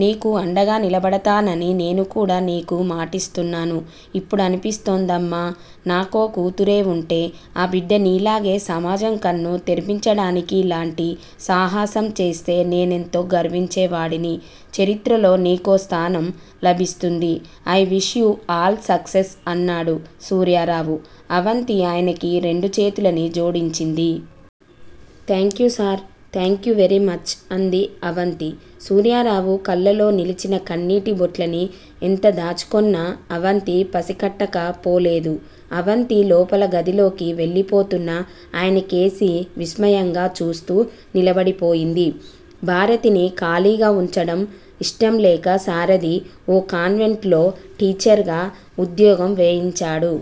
నీకు అండగా నిలబడతానని నేనుకూడా నీకు మాటిస్తున్నాను. ఇప్పుడనిపిస్తోందమ్మా. నాకో కూతురే వుంటే, ఆ బిడ్డ నీలాగే సమాజం కన్ను తెరిపించడానికిలాంటి సాహసం చేస్తే నేనెంతో గర్వించేవాడిని. చరిత్రలో నీకో స్థానం లభిస్తుంది. I wish you all success అన్నాడు సూర్యారావు. అవంతి ఆయనకి రెండు చేతులనీ జోడించింది. Thank you sir. థాంక్యూ వేరీమచ్ అంది అవంతి. సూర్యారావు కళ్ళలో నిలచిన కన్నీటి బొట్లని ఎంత దాచుకొన్నా అవంతి పసికట్టకపోలేదు. అవంతి లోపల గదిలోకి వెళ్ళిపోతున్న ఆయనకేసి విస్మయంగా చూస్తూ నిలబడిపోయింది. భారతిని ఖాళీగా వుంచడం ఇష్టంలేక సారధి ఓ కాన్వెంట్ లో టీచర్ గా ఉద్యోగం వేయించాడు.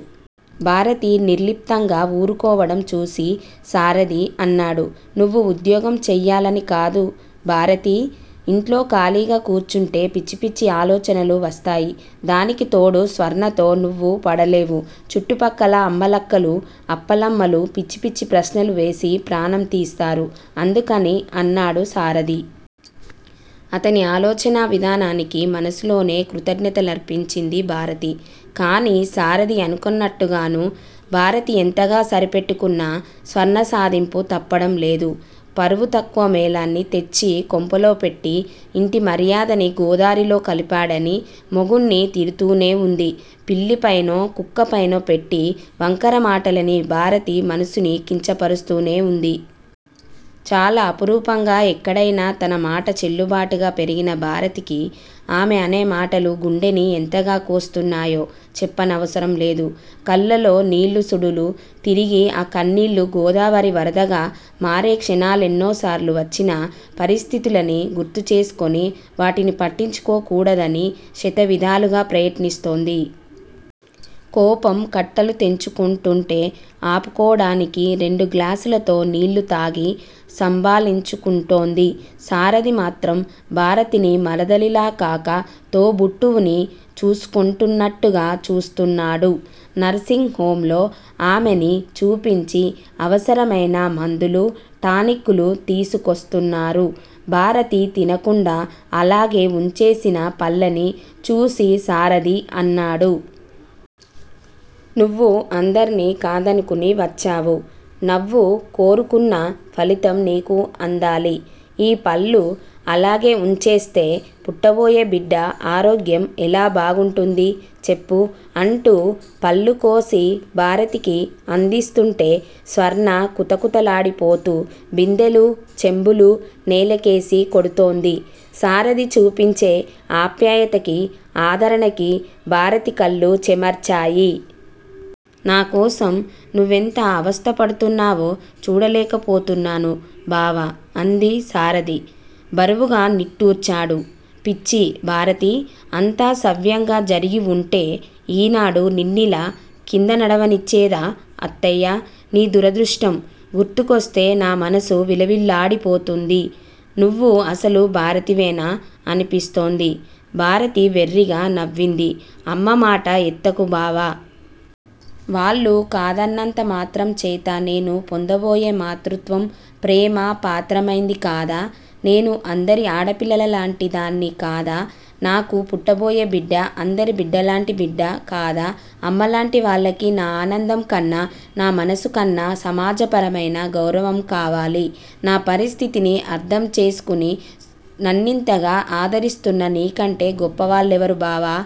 భారతి నిర్లిప్తంగా వూరుకోవడం చూసి సారధి అన్నాడు. నువ్వు ఉద్యోగం చెయ్యాలని కాదు భారతీ! ఇంట్లో ఖాళీగా కూర్చుంటే పిచ్చిపిచ్చి ఆలోచనలు వస్తాయి. దానికితోడు స్వర్ణతో నువ్వు పడలేవు, చుట్టుపక్కల అమ్మలక్కలు, అప్పలమ్మలు పిచ్చి పిచ్చి ప్రశ్నలు వేసి ప్రాణం తీస్తారు. అందుకని అన్నాడు సారధి. అతని ఆలోచనా విధానానికి మనసులోనే కృతజ్ఞతలర్పించింది భారతి. కానీ సారధి అనుకున్నట్టుగానూ, భారతి ఎంతగా సరిపెట్టుకున్నా స్వర్ణ సాధింపు తప్పడం లేదు. పరువు తక్కువ మేళాన్ని తెచ్చికొంపలో పెట్టి ఇంటి మర్యాదని గోదారిలో కలిపాడని మొగుడ్ని తిడుతూనే వుంది. పిల్లిపైనో కుక్కపైనో పెట్టి వంకర మాటలని భారతి మనసుని కించపరుస్తూనే వుంది. చాలా అపురూపంగా, ఎక్కడయినా తన మాట చెల్లుబాటుగా పెరిగిన భారతికి ఆమె అనే మాటలు గుండెని ఎంతగా కోస్తున్నాయో చెప్పనవసరం లేదు. కళ్ళలో నీళ్ళు సుడులు తిరిగి ఆ కన్నీళ్ళు గోదావరి వరదగా మారే క్షణాలెన్నోసార్లు వచ్చినా, పరిస్థితులని గుర్తుచేసుకొని వాటిని పట్టించుకోకూడదని శతవిధాలుగా ప్రయత్నిస్తోంది. కోపం కట్టలు తెంచుకొంటుంటే ఆపుకోడానికి రెండు గ్లాసులతో నీళ్ళు తాగి సంభాళించుకుంటోంది. సారథి మాత్రం భారతిని మరదలిలాకాక తోబుట్టువుని చూసుకొంటున్నట్టుగా చూస్తున్నాడు. నర్శింగ్ హోమ్ లో ఆమెని చూపించి అవసరమైన మందులు, టానిక్కులు తీసుకొస్తున్నారు. భారతి తినకుండా అలాగే వుంచేసిన పళ్ళని చూసి సారధి అన్నాడు. నువ్వు అందర్నీ కాదనుకుని వచ్చావు. నవ్వు కోరుకున్న ఫలితం నీకు అందాలి. ఈ పళ్ళు అలాగే వుంచేస్తే పుట్టబోయే బిడ్డ ఆరోగ్యం ఎలా బాగుంటుంది చెప్పు అంటూ పళ్ళుకోసి భారతికి అందిస్తుంటే స్వర్ణ కుతకుతలాడిపోతూ బిందెలూ చెంబులూ నేలకేసి కొడుతోంది. సారధి చూపించే ఆప్యాయతకీ, ఆదరణకీ భారతి కళ్ళు చెమర్చాయి. నాకోసం నువ్వెంత అవస్థపడుతున్నావో చూడలేకపోతున్నాను బావ! అంది. సారధి బరువుగా నిట్టూర్చాడు. పిచ్చి భారతీ, అంతా సవ్యంగా జరిగివుంటే ఈనాడు నిన్నిలా కిందనడవనిచ్చేదా అత్తయ్య? నీ దురదృష్టం గుర్తుకొస్తే నా మనసు విలవిల్లాడిపోతుంది. నువ్వు అసలు భారతివేనా? అనిపిస్తోంది! భారతి వెర్రిగా నవ్వింది. అమ్మ మాట ఎత్తకు బావా! వాళ్ళు కాదన్నంతమాత్రంచేత నేను పొందబోయే మాతృత్వం ప్రేమ పాత్రమైందికాదా? నేను అందరి ఆడపిల్లలలాంటి దాన్ని కాదా? నాకు పుట్టబోయే బిడ్డ అందరి బిడ్డలాంటి బిడ్డ కాదా? అమ్మలాంటి వాళ్ళకి నా ఆనందం కన్నా, నా మనసుకన్నా సమాజపరమైన గౌరవం కావాలి! నా పరిస్థితిని అర్థం చేసుకుని నన్నింతగా ఆదరిస్తున్న నీకంటే గొప్పవాళ్ళెవరు బావా!